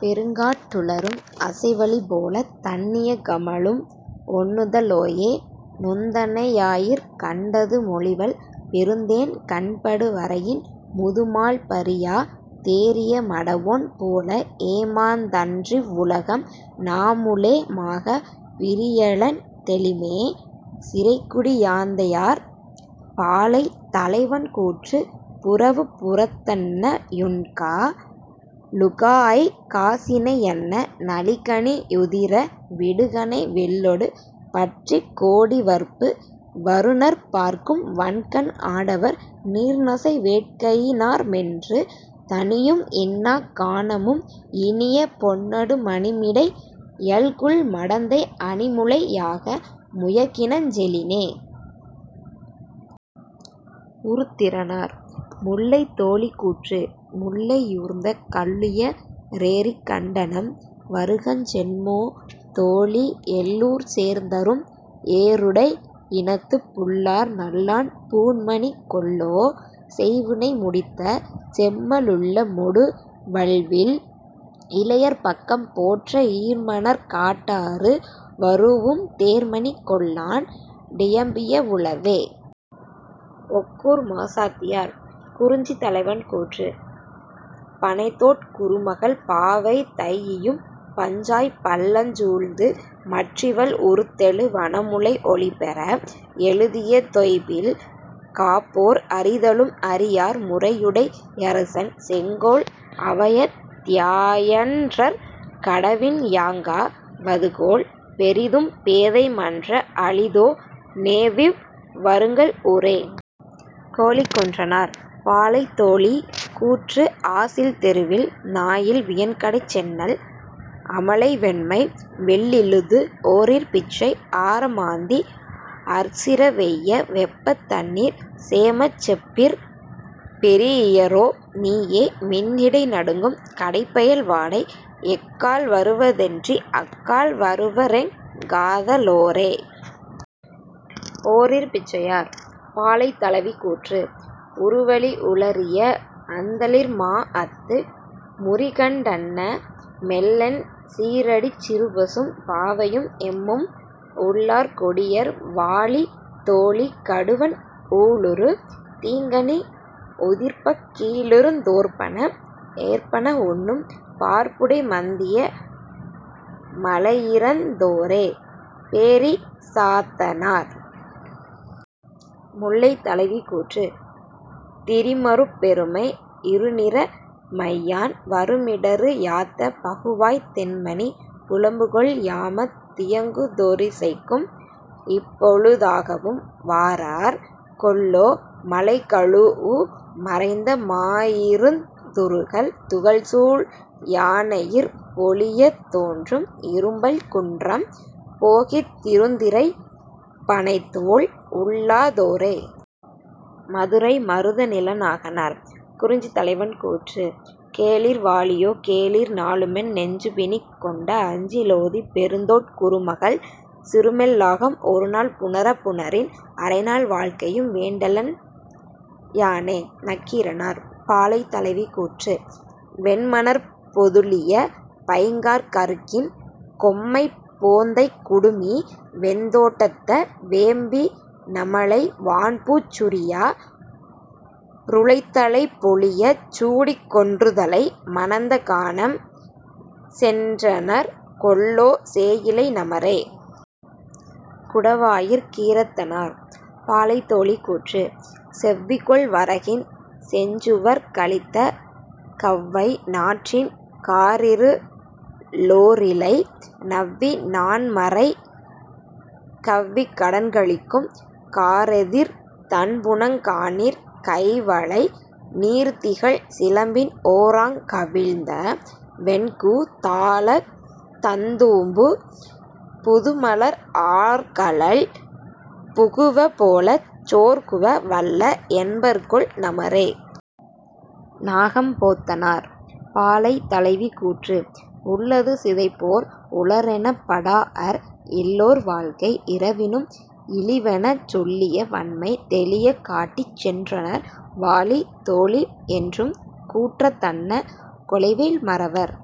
பெருங்காட் டுளரும் அசைவளி போலத் தண்ணிய கமழும் ஒண்ணுத லோயே நொந்தனை யாயிற் கண்டது மொழிவல் பெருந்தேன் கண்படு வரையின் முதுமால் பறியா தேறிய மடவோன் போல ஏமாந் தன்றிவ் வுலகம் நாமுளே மாகப் பிரியலன் தௌிமே. -சிறைக்குடி யாந்தையார்.. பாலை தலைவன் கூற்று புறவுப் புறத்தன்ன புன்கா லுகாஅய்க் காசினை யன்ன நளிகனி யுதிர விடுகணை வில்லொடு பற்றிக் கோடிவர்பு வருநர்ப் பார்க்கும் வன்கண் ஆடவர் நீர்நசை வேட்கையி னார்மென்று தணியும் இன்னாக் கானமும் இனிய பொன்னொடு மணிமிடை யல்குல் மடந்தை அணிமுலை யாக முயகினஞ் செலினே. -உருத்திரனார்.. முல்லை தோழி கூற்று முல்லை யூர்ந்த கல்லுய ரேறிக் கண்டனம் வருகஞ் சென்மோ தோழி எல்லூர்ச் சேர்தரும் ஏறுடை யினத்துப் புல்லார் நல்லான் பூண்மணி கொல்லோ செய்வினை முடித்த செம்ம லுள்ளமொடு வல்வில் இளையர் பக்கம் போற்ற ஈர்மணற் காட்டாறு வரூஉம் தேர்மணி கொல்லாண் டியம்பிய வுளவே. -ஒக்கூர் மாசாத்தியார்.. குறிஞ்சி தலைவன் கூற்று பணைத்தோட் குறுமகள் பாவை தைஇயும் பஞ்சாய்ப் பள்ளஞ் சூழ்ந்து மற்றிவள் உருத்தெழு வனமுலை ஒளிபெற எழுதிய தொய்பில் காப்போர் அறிதலும் அறியார் முறையுடை யரசன் செங்கோல் அவையத் தியான்றற் கடவின் யாங்கா வதுகொல் பெரிதும் பேதை மன்ற அளிதோ னேயிவ் வழுங்கல் ஊரே. -கோழிக் கொற்றனார்.. பாலை தோழி கூற்று ஆசில் தெருவில் நாயில் வியன்கடைச் செந்நெல் அமலை வெண்மை வெள்ளிழுது ஓரிற் பிச்சை ஆர மாந்தி அற்சிர வெய்ய வெப்பத் தண்ணீர் சேமச் செப்பிற் பெறீஇயரோ நீயே மின்னிடை நடுங்கும் கடைப்பெயல் வாடை எக்கால் வருவ தென்றி அக்கால் வருவரெங் காத லோரே. -ஓரிற் பிச்சையார்.. பாலை தலைவி கூற்று உறுவளி உளரிய அந்தளிர் மாஅத்து முறிகண் டன்ன மெல்லென் சீறடிச் சிறுபசும் பாவையும் எம்மும் உள்ளார் கொடியர் வாழி தோழி கடுவன் ஊழுறு தீங்கனி உதிர்ப்பக் கீழிருந் தேற்பன ஏற்பன உண்ணும் பார்ப்புடை மந்திய மலையிறந் தோரே. -பேரி சாத்தனார்.. முல்லை தலைவி கூற்று திரிமருப் பெருமை யிருணிற மையான் வரிமிடறு யாத்த பகுவாய்த் தெண்மணி புலம்புகொள் யாமத் தியங்குதொ றிசைக்கும் இதுபொழு தாகவும் வாரார் கொல்லோ மழைகழூஉ மறந்த மாயிருந் துறுகல் துகள்சூழ் யானையிற் பொலியத் தோன்றும் இரும்பல் குன்றம் போகித் திருந்திறைப் பணைத்தோள் உள்ளா தோரே. -மதுரை மருதனிளநாகனார்.. குறிஞ்சி தலைவன் கூற்று கேளிர் வாழியோ கேளிர் நாளுமென் நெஞ்சுபிணிக் கொண்ட அஞ்சி லோதிப் பெருந்தோட் குறுமகள் சிறுமெல் லாகம் ஒருநாள் புணரப் புணரின் அரைநாள் வாழ்க்கையும் வேண்டலென் யானே. -நக்கீரனார்.. பாலை தலைவி கூற்று வெண்மணற் பொதுளிய பைங்காற் கருக்கின் கொம்மைப் போந்தைக் குடுமி வெண்தோட் டத்த வேம்பி னமலை வான்பூச் சுரியா ருளைத்தலை பொலியச் சூடிக் குன்றுதலை மணந்த கானம் சென்றனர் கொல்லோ சேயிழை நமரே. -குடவாயிற் கீரத்தனார்.. பாலை தோழி கூற்று செவ்விகொள் வரகின் செஞ்சுவற் கலித்த கௌவை நாற்றின் காரிரு ளோரிலை நவ்வி நாண்மறி கவ்விக் கடன்கழிக்கும் காரெதிர் தண்புனங் காணிற் கைவளை நீர்திகழ் சிலம்பின் ஓராங் கவிழ்ந்த வெண்கூ தாளத் தந்தூம்பு புதுமலர் ஆர்கழல் புகுவ போலச் சோர்குவ வல்ல என்பர்கொல் நமரே. -நாகம் போத்தனார்.. பாலை தலைவி கூற்று உள்ளது சிதைப்போர் உளரெனப் படாஅர் இல்லோர் வாழ்க்கை இரவினும் இளிவெனச் சொல்லிய வன்மை தௌியக் காட்டிச் சென்றனர் வாழி தோழி யென்றும் கூற்றத் தன்ன கொலைவேல் மறவர்